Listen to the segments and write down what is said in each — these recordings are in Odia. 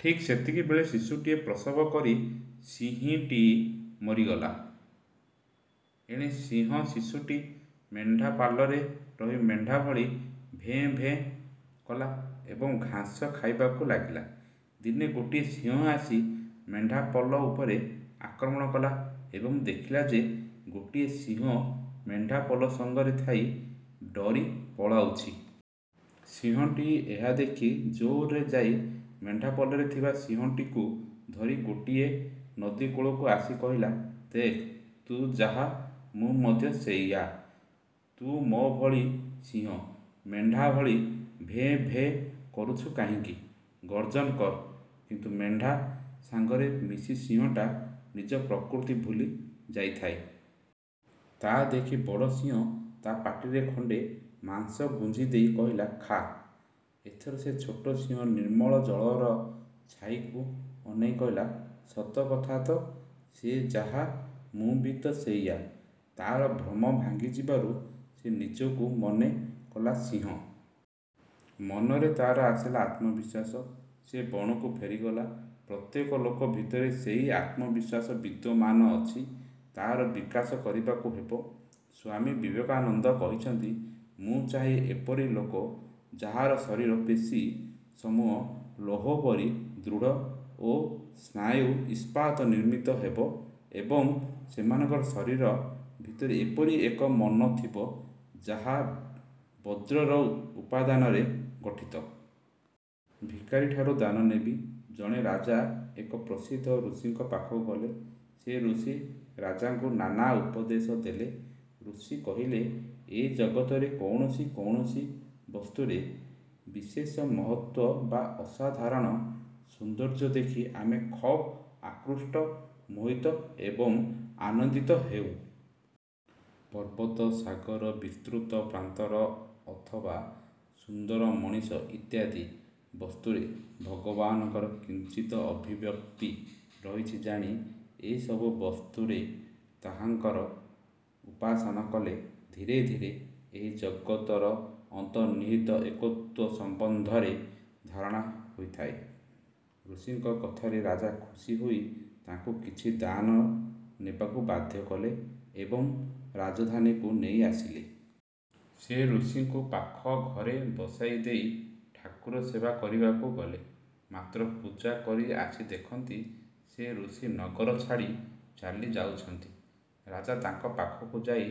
ଠିକ୍ ସେତିକିବେଳେ ଶିଶୁଟିଏ ପ୍ରସବ କରି ସିଂହୀଟି ମରିଗଲା। ଏଣେ ସିଂହଶିଶୁଟି ମେଣ୍ଢାପଲରେ ରହି ମେଣ୍ଢା ଭଳି ଭେ ଭେ କଲା ଏବଂ ଘାସ ଖାଇବାକୁ ଲାଗିଲା। ଦିନେ ଗୋଟିଏ ସିଂହ ଆସି ମେଣ୍ଢାପଲ ଉପରେ ଆକ୍ରମଣ କଲା ଏବଂ ଦେଖିଲା ଯେ ଗୋଟିଏ ସିଂହ ମେଣ୍ଢାପଲ ସଙ୍ଗରେ ଥାଇ ଡରି ପଳାଉଛି। ସିଂହଟି ଏହା ଦେଖି ଜୋରରେ ଯାଇ ମେଣ୍ଢାପଲରେ ଥିବା ସିଂହଟିକୁ ଧରି ଗୋଟିଏ ନଦୀକୂଳକୁ ଆସି କହିଲା- ''ଦେଖ, ତୁ ଯାହା, ମୁଁ ମଧ୍ୟ ସେଇଆ। ତୁ ମୋ ଭଳି ସିଂହ, ମେଣ୍ଢାଭଳି ଭେ ଭେ କରୁଛୁ କାହିଁକି? ଗର୍ଜନ କର। '' କିନ୍ତୁ ମେଣ୍ଢା ସାଙ୍ଗରେ ମିଶି ସିଂହଟା ନିଜ ପ୍ରକୃତି ଭୁଲି ଯାଇଥାଏ। ତା ଦେଖି ବଡ଼ ସିଂହ ତା' ପାଟିରେ ଖଣ୍ଡେ ମାଂସ ଗୁଞ୍ଜିଦେଇ କହିଲା, ''ଖା''। ଏଥର ସେ ଛୋଟ ସିଂହ ନିର୍ମଳ ଜଳର ଛାଇକୁ ଅନାଇ କହିଲା-''ସତକଥା ତ! ସେ ଯାହା, ମୁଁ ବି ତ ସେଇଆ। '' ତାର ଭ୍ରମ ଭାଙ୍ଗିଯିବରୁ ସେ ନିଜକୁ ମନେ କଲା ସିଂହ। ମନରେ ତାର ଆସିଲା ଆତ୍ମବିଶ୍ୱାସ। ସେ ବଣକୁ ଫେରିଗଲା। ପ୍ରତ୍ୟେକ ଲୋକ ଭିତରେ ସେଇ ଆତ୍ମବିଶ୍ୱାସ ବିଦ୍ୟମାନ ଅଛି। ତା'ର ବିକାଶ କରିବାକୁ ହେବ। ସ୍ୱାମୀ ବିବେକାନନ୍ଦ କହିଛନ୍ତି-ମୁଁ ଚାହେଁ ଏପରି ଲୋକ ଯାହାର ଶରୀରର ପେଶୀ-ସମୂହ ଲୌହପରି ଦୃଢ଼ ଓ ସ୍ନାୟୁ ଇସ୍ପାତ ନିର୍ମିତ ହେବ ଏବଂ ସେମାନଙ୍କର ଶରୀର ଭିତରେ ଏପରି ଏକ ମନ ଥିବ ଯାହା ବଜ୍ରର ଉପାଦାନରେ ଗଠିତ। 'ଭିକାରିଠାରୁ ଦାନ ନେବି! ' ଜଣେ ରାଜା ଏକ ପ୍ରସିଦ୍ଧ ଋଷିଙ୍କ ପାଖକୁ ଗଲେ। ସେ ଋଷି ରାଜାଙ୍କୁ ନାନା ଉପଦେଶ ଦେଲେ। ଋଷି କହିଲେ-ଏ ଜଗତରେ କୌଣସି କୌଣସି ବସ୍ତୁରେ। ବିଶେଷ ମହତ୍ତ୍ୱ ବା ଅସାଧାରଣ ସୌନ୍ଦର୍ଯ୍ୟ ଦେଖି ଆମେ ଖବ୍ ଆକୃଷ୍ଟ, ମୋହିତ ଏବଂ ଆନନ୍ଦିତ ହେଉଁ। ପର୍ବତ, ସାଗର, ବିସ୍ତୃତ ପ୍ରାନ୍ତର ଅଥବା ସୁନ୍ଦର ମଣିଷ ଇତ୍ୟାଦି ବସ୍ତୁରେ ଭଗବାନଙ୍କର କିଞ୍ଚିତ ଅଭିବ୍ୟକ୍ତି ରହିଛି ଜାଣି, ଏସବୁ ବସ୍ତୁରେ ତାହାଙ୍କର ଉପାସନା କଲେ ଧୀରେ ଧୀରେ ଏହି ଜଗତର ଅନ୍ତନିର୍ହିତ ଏକତ୍ୱ ସମ୍ବନ୍ଧରେ ଧାରଣା ହୋଇଥାଏ। ଋଷିଙ୍କ କଥାରେ ରାଜା ଖୁସି ହୋଇ ତାଙ୍କୁ କିଛି ଦାନ ନେବାକୁ ବାଧ୍ୟ କଲେ ଏବଂ ରାଜଧାନୀକୁ ନେଇ ଆସିଲେ। ସେ ଋଷିଙ୍କୁ ପାଖ ଘରେ ବସାଇ ଦେଇ ଠାକୁରସେବା କରିବାକୁ ଗଲେ। ମାତ୍ର ପୂଜା କରି ଆସି ଦେଖନ୍ତି ସେ ଋଷି ନଗର ଛାଡ଼ି ଚାଲି ଯାଉଛନ୍ତି। ରାଜା ତାଙ୍କ ପାଖକୁ ଯାଇ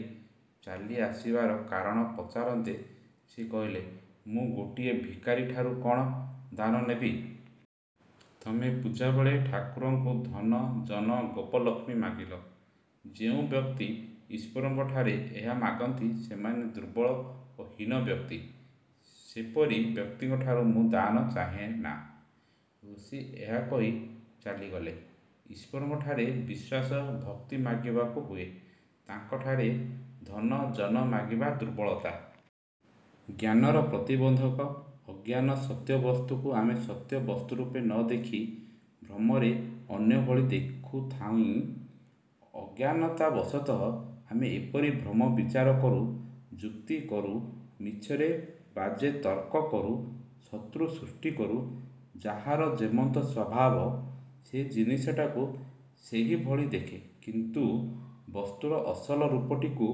ଚାଲିଆସିବାର କାରଣ ପଚାରନ୍ତେ ସେ କହିଲେ-''ମୁଁ ଗୋଟିଏ ଭିକାରୀଠାରୁ କ'ଣ ଦାନ ନେବି? ତମେ ପୂଜାବେଳେ ଠାକୁରଙ୍କୁ ଧନ, ଜନ, ଗୋପଲକ୍ଷ୍ମୀ ମାଗିଲ। ଯେଉଁ ବ୍ୟକ୍ତି ଈଶ୍ୱରଙ୍କଠାରେ ଏହା ମାଗନ୍ତି ସେମାନେ ଦୁର୍ବଳ ଓ ହୀନ ବ୍ୟକ୍ତି। ସେପରି ବ୍ୟକ୍ତିଙ୍କଠାରୁ ମୁଁ ଦାନ ଚାହେଁନା। '' ଋଷି ଏହା କହି ଚାଲିଗଲେ। ଈଶ୍ୱରଙ୍କଠାରେ ବିଶ୍ୱାସ, ଭକ୍ତି ମାଗିବାକୁ ହୁଏ। ତାଙ୍କଠାରେ ଧନ, ଜନ ମାଗିବା ଦୁର୍ବଳତା। ଜ୍ଞାନର ପ୍ରତିବନ୍ଧକ ଅଜ୍ଞାନ ସତ୍ୟ ବସ୍ତୁକୁ ଆମେ ସତ୍ୟ ବସ୍ତୁରୂପେ ନ ଦେଖି ଭ୍ରମରେ ଅନ୍ୟ ଭଳି ଦେଖୁଥାଇଁ। ଅଜ୍ଞାନତାବଶତଃ ଆମେ ଏପରି ଭ୍ରମ ବିଚାର କରୁ। ଯୁକ୍ତି କରୁ, ମିଛରେ ବାଜେ ତର୍କ କରୁ। ଶତ୍ରୁ ସୃଷ୍ଟି କରୁ। 'ଯାହାର ଯେମନ୍ତ ସ୍ୱଭାବ', ସେ ଜିନିଷଟାକୁ ସେହିଭଳି ଦେଖେ; କିନ୍ତୁ ବସ୍ତୁର ଅସଲ ରୂପଟିକୁ